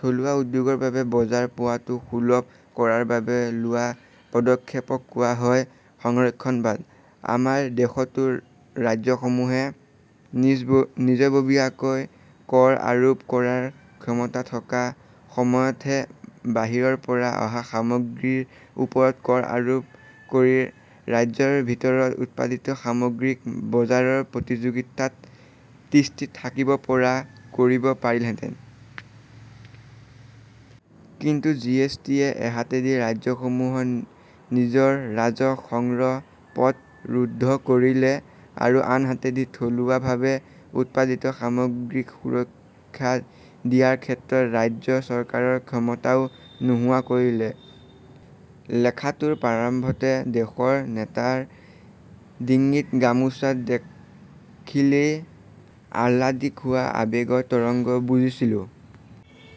থলুৱা উদ্যোগীৰ বাবে বজাৰ পোৱাটো সুলভ কৰাৰ বাবে লোৱা পদক্ষেপক কোৱা হয় সংৰক্ষণবাদ। আমাৰ দেশতো ৰাজ্যসমূহে নিজাববীয়াকৈ কৰ আৰোপ কৰাৰ ক্ষমতা থকাৰ সময়তে বাহিৰৰ পৰা অহা সামগ্ৰীৰ ওপৰত কৰ আৰোপ কৰি ৰাজ্যৰ ভিতৰত উৎপাদিত সামগ্ৰীক বজাৰৰ প্ৰতিযোগিতাত তিষ্ঠি থাকিব পৰা কৰিব পাৰিলেহেঁতেন। কিন্তু জি এছ টিয়ে এহাতেদি ৰাজ্যসমূহৰ নিজৰ ৰাজহ সংগ্ৰহৰ পথ ৰুদ্ধ কৰিলে আৰু আনহাতেদি থলুৱাভাৱে উৎপাদিত সামগ্ৰীক সুৰক্ষা দিয়াৰ ক্ষেত্ৰত ৰাজ্য চৰকাৰৰ ক্ষমতাও নোহোৱা কৰিলে। লেখাটোৰ প্ৰাৰম্ভতে দেশৰ নেতাৰ ডিঙিত গামোচা দেখিলেই আহ্লাদিত হোৱা আৱেগক তৰাং বুলিছিলোঁ।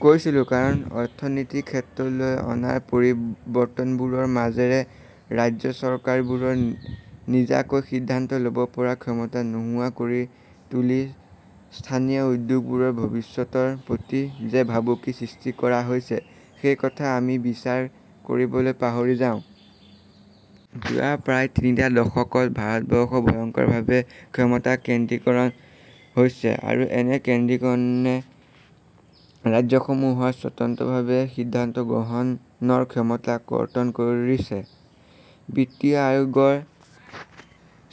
কৈছিলোঁ কাৰণ অৰ্থনীতিৰ ক্ষেত্ৰখনলৈ অনা পৰিৱৰ্তনবোৰৰ মাজেৰে ৰাজ্য চৰকাৰবোৰৰ নিজাকৈ সিদ্ধান্ত ল'ব পৰা ক্ষমতা নোহোৱা কৰি তুলি স্থানীয় উদ্যোগবোৰৰ ভৱিষ্যতৰ প্ৰতি যে ভাবুকি সৃষ্টি কৰা হৈছে, সেই কথা আমি বিচাৰ কৰিবলৈ পাহৰি যাওঁ। যোৱা প্ৰায় তিনিটা দশকত ভাৰতবৰ্ষত ভয়ংকৰভাৱে ক্ষমতাৰ কেন্দ্ৰীকৰণ হৈছে আৰু এনে কেন্দ্ৰীকৰণে ৰাজ্যসমূহৰ স্বতন্ত্ৰভাৱে সিদ্ধান্ত গ্ৰহণৰ ক্ষমতা কৰ্তন কৰিছে। বিত্তীয় আয়োগৰ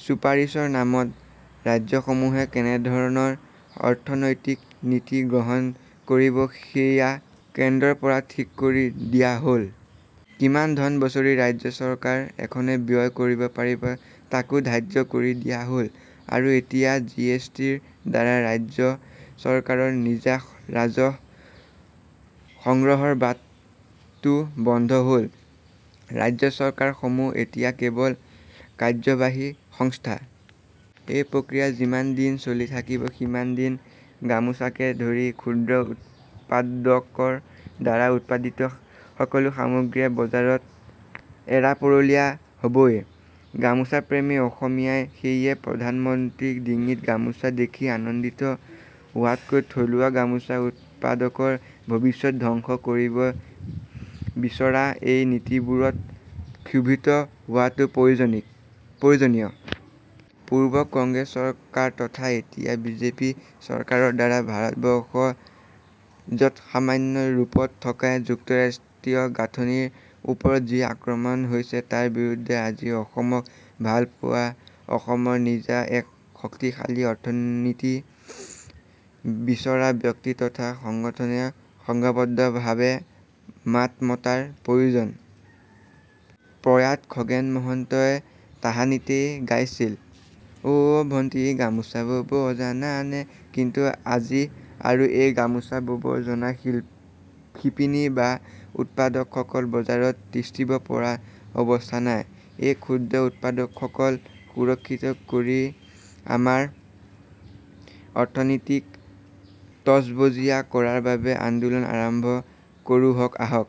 চুপাৰিচৰ নামত ৰাজ্যসমূহে কেনে ধৰণৰ অৰ্থনৈতিক নীতি গ্ৰহণ কৰিব সেয়া কেন্দ্ৰৰ পৰা ঠিক কৰি দিয়া হ'ল। কিমান ধন বছৰি ৰাজ্য চৰকাৰ এখনে ব্যয় কৰিব পাৰিব তাকো ধাৰ্য্য কৰি দিয়া হ'ল। আৰু এতিয়া জি এছ টিৰ দ্বাৰা ৰাজ্য চৰকাৰৰ নিজা ৰাজহ সংগ্ৰহৰ বাটো বন্ধ হ'ল। ৰাজ্য চৰকাৰসমূহ এতিয়া কেৱল কাৰ্য্যবাহী সংস্থা। এই প্ৰক্ৰিয়া যিমান দিন চলি থাকিব সিমান দিন গামোচাকে ধৰি ক্ষুদ্ৰ উৎপাদকৰ দ্বাৰা উৎপাদিত সকলো সামগ্ৰীয়েই বজাৰত এৰাপৰলীয়া হ'বই। গামোচাপ্ৰেমী অসমীয়াই সেয়েহে প্ৰধান মন্ত্ৰীৰ ডিঙিত গামোচা দেখি আনন্দিত হোৱাতকৈ থলুৱা গামোচা উৎপাদকৰ ভৱিষ্যৎ ধ্বংস কৰিব বিচৰা এই নীতিবোৰত ক্ষোভিত হোৱাটো প্ৰয়োজনীয়। পূৰ্বৰ কংগ্ৰেছ চৰকাৰ তথা এতিয়াৰ বিজেপি চৰকাৰৰ দ্বাৰা ভাৰতবৰ্ষত যৎসামান্য ৰূপত থকা যুক্তৰাষ্ট্ৰীয় গাঁথনিৰ ওপৰত যি আক্ৰমণ হৈছে তাৰ বিৰুদ্ধে আজি অসমক ভালপোৱা, অসমৰ নিজা এক শক্তিশালী অৰ্থনীতি বিচৰা ব্যক্তি তথা সংগঠনে সংঘবদ্ধভাৱে মাত মতাৰ প্ৰয়োজন। প্ৰয়াত খগেন মহন্তই তাহানিতে গাইছিল— 'অ' ভণ্টি গামোচা বব জানানে', কিন্তু আজি আৰু এই গামোচা বব জনা শিপিনী বা উৎপাদকসকল বজাৰত তিষ্ঠিব পৰাৰ অৱস্থা নাই। এই ক্ষুদ্ৰ উৎপাদকসকলক সুৰক্ষিত কৰি আমাৰ অৰ্থনীতিক তজবজীয়া কৰাৰ বাবে আন্দোলন আৰম্ভ কৰোঁহঁক আহক।